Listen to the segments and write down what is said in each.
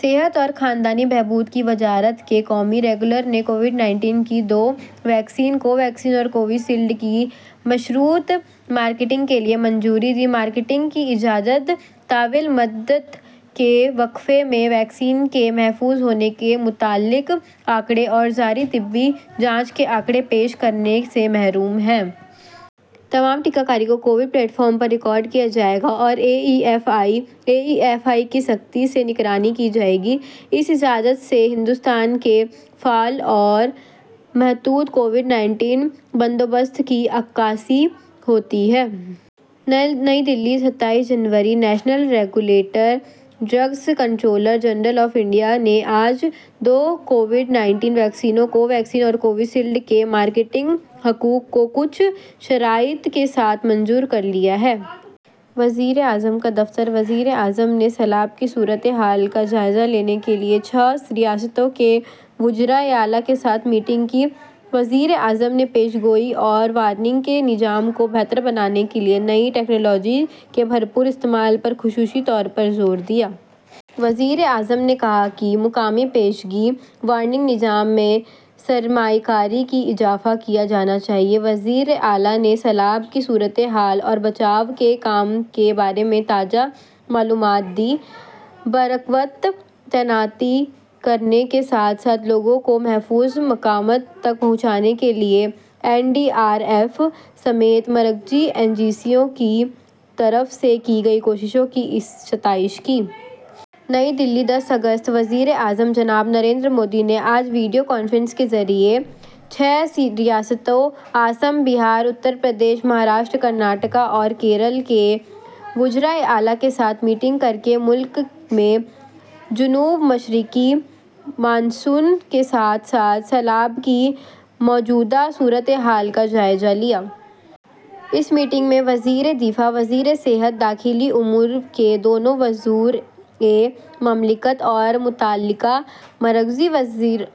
صحت اور خاندانی بہبود کی وزارت قومی ریگولیٹر نے کووڈ انیس کی دو ویکسینز، کو ویکسین اور کووی شیلڈ، کی مشروط مارکیٹنگ کے لیے منظوری دی۔ مارکیٹنگ کی اجازت طویل مدت کے وقفے میں ویکسین کے محفوظ ہونے سے متعلق اعداد و شمار اور جاری طبی جانچ کے اعداد و شمار پیش کرنے سے مشروط ہے۔ تمام ٹیکہ کاری کو کوون پلیٹ فارم پر ریکارڈ کیا جائے گا اور A E F I, A E S I کی سختی سے نگرانی کی جائے گی۔ اس اجازت سے بھارت کے فعال اور محتاط کووڈ انیس بندوبست کی عکاسی ہوتی ہے۔ نئی دہلی، ستائیس جنوری۔ National regulator, drugs controller general of India نے آج دو کووڈ انیس ویکسینز، کو ویکسین اور کووی شیلڈ، کی مارکیٹنگ کے حقوق کو کچھ شرائط کے ساتھ منظور کر لیا ہے۔ وزیراعظم کا دفتر وزیر اعظم نے سیلاب کی صورت حال کا جائزہ لینے کے لیے چھ ریاستوں کے وزرائے اعلیٰ کے ساتھ میٹنگ کی۔ وزیر اعظم نے پیش گوئی اور وارننگ کے نظام کو بہتر بنانے کے لیے نئی ٹیکنالوجی کے بھرپور استعمال پر خاص طور پر زور دیا۔ وزیر اعظم نے کہا کہ مقامی پیشگی وارننگ نظام میں سرمایہ کاری میں اضافہ کیا جانا چاہیے۔ وزرائے اعلیٰ نے سیلاب کی صورت حال اور بچاؤ کے کام کے بارے میں تازہ ترین جانکاری دی؛ وقت پر تعیناتی کرنے کے ساتھ ساتھ لوگوں کو محفوظ مقامات پر پہنچانے کے لیے این ڈی آر ایف سمیت مرکزی ایجنسیوں کی طرف سے کی گئی کوششوں کی ستائش کی۔ نئی دہلی، دس اگست۔ وزیر اعظم جناب نریندر مودی نے آج ویڈیو کانفرنس کے ذریعے چھ ریاستوں، آسام، بہار، اتر پردیش، مہاراشٹر، کرناٹک اور کیرالہ، کے وزرائے اعلیٰ کے ساتھ میٹنگ کر کے ملک میں جنوب مغربی مانسون کے ساتھ ساتھ سیلاب کی موجودہ صورت حال کا جائزہ لیا۔ اس میٹنگ میں وزیر دفاع، وزیر صحت، داخلی امور کے دونوں وزرائے مملکت اور متعلقہ مرکزی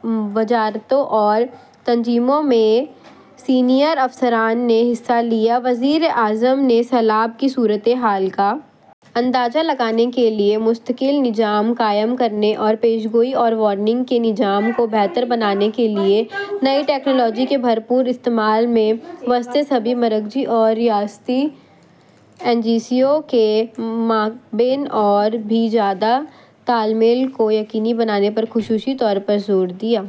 وزارتوں اور تنظیموں کے سینئر افسران نے حصہ لیا۔ وزیر اعظم نے سیلاب کی صورت حال کا اندازہ لگانے کے لیے مستقل نظام قائم کرنے اور پیش گوئی اور وارننگ کے نظام کو بہتر بنانے کے لیے نئی ٹیکنالوجی کے بھرپور استعمال کے لیے سبھی مرکزی اور ریاستی ایجنسیوں کے مابین اور بھی زیادہ تال میل کو یقینی بنانے پر خاص طور پر زور دیا۔